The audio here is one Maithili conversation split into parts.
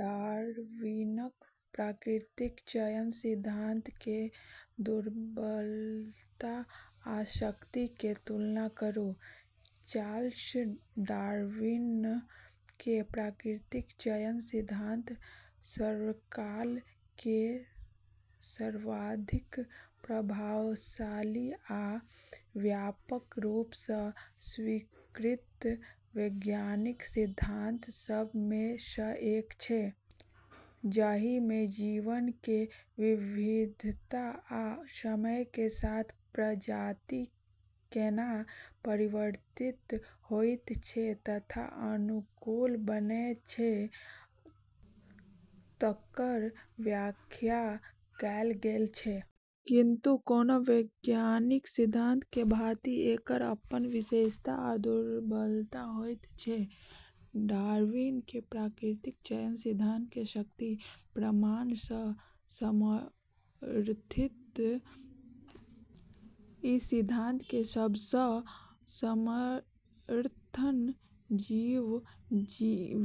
डार्विनक प्राकृतिक चयन सिद्धांत के दुर्बलता आ शक्ति के तुलना करू। चार्ल्स डार्विन के प्राकृतिक चयन सिद्धांत सर्वकाल के सर्वाधिक प्रभावशाली आ व्यापक रूप सँ स्वीकृत वैज्ञानिक सिद्धांत सभ में सँ एक छै, जहि में जीवन के विविधता आ समय के साथ प्रजाति केंना परिवर्तित होइत छै तथा अनुकूल बनै छै, तकर व्याख्या कएल गेल छै। किंतु, कोनो वैज्ञानिक सिद्धांत के भाँति एकर अपन विशेषता आ दुर्बलता होइत छै। डार्विन के प्राकृतिक चयन सिद्धांत के शक्ति: प्रमाण सँ समर्थित: ई सिद्धांत के सबल समर्थन जीव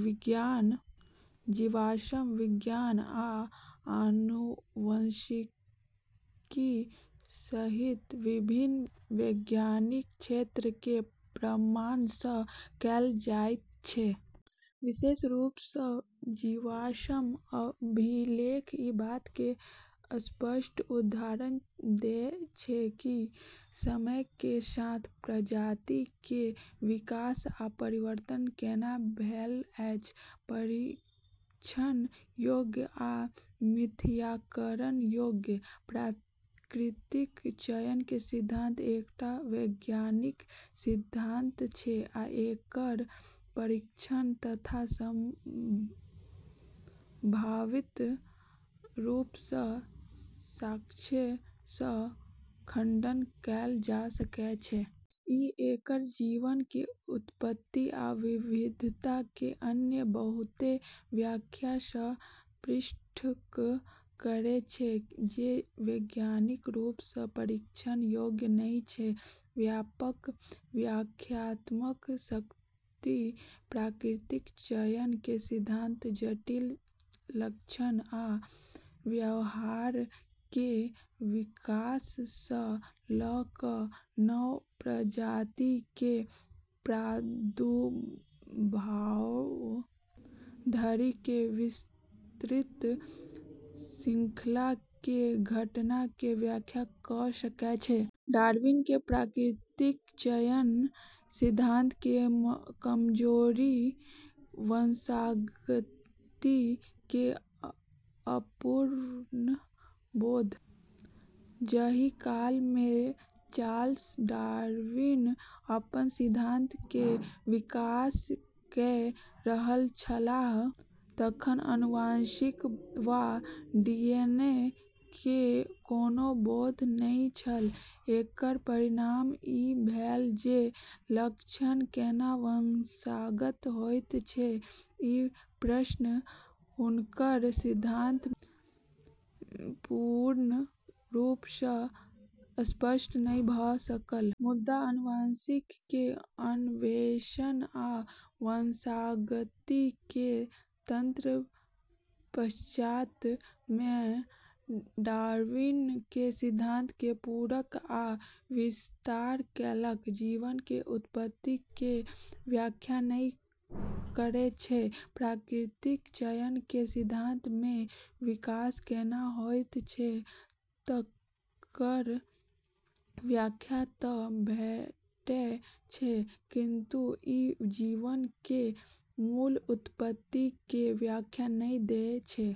विज्ञान, जीवाश्म विज्ञान, आ आनुवंशिकी सहित विभिन्न वैज्ञानिक क्षेत्र के प्रमाण सँ कएल जाइत छै। विशेष रूप सँ जीवाश्म अभिलेख ई बात के स्पष्ट उदाहरण दै छै कि समय के साथ प्रजाति के विकास आ परिवर्तन केंना भेल अछि। परीक्षण योग्य आ मिथ्याकरण योग्य: प्राकृतिक चयन के सिद्धांत एकटा वैज्ञानिक सिद्धांत छै आ एकर परीक्षण तथा संभावित रूप सँ साक्ष्य सँ खंडन कएल जा सकै छै। ई एकरा जीवन के उत्पत्ति आ विविधता के अन्य बहुते व्याख्या सँ पृथक् करै छै जे वैज्ञानिक रूप सँ परीक्षण योग्य नहि छै। व्यापक व्याख्यात्मक शक्ति: प्राकृतिक चयन के सिद्धांत जटिल लक्षण आ व्यवहार के विकास सँ लऽ कऽ नव प्रजाति के प्रादुर्भाव धरि के विस्तृत शृंखला के घटना के व्याख्या कऽ सकै छै। डार्विन के प्राकृतिक चयन सिद्धांत के कमजोरी: वंशागति के अपूर्ण बोध: जहि काल में चार्ल्स डार्विन अपन सिद्धांत के विकास कए रहल छलाह, तखन आनुवंशिकी वा डीएनए के कोनो बोध नहि छल। एकर परिणाम ई भेल जे लक्षण केंना वंशागत होइत छै, ई प्रश्न हुनकर सिद्धांत में पूर्ण रूप सँ स्पष्ट नहि भऽ सकल। मुदा आनुवंशिकी के अन्वेषण आ वंशागति के तंत्र पश्चात् में डार्विन के सिद्धांत के पूरक आ विस्तार केलक। जीवन के उत्पत्ति के व्याख्या नहि करै छै: प्राकृतिक चयन के सिद्धांत में विकास केंना होइत छै, तकर व्याख्या तँ भेटै छै, किंतु ई जीवन के मूल उत्पत्ति के व्याख्या नहि दै छै।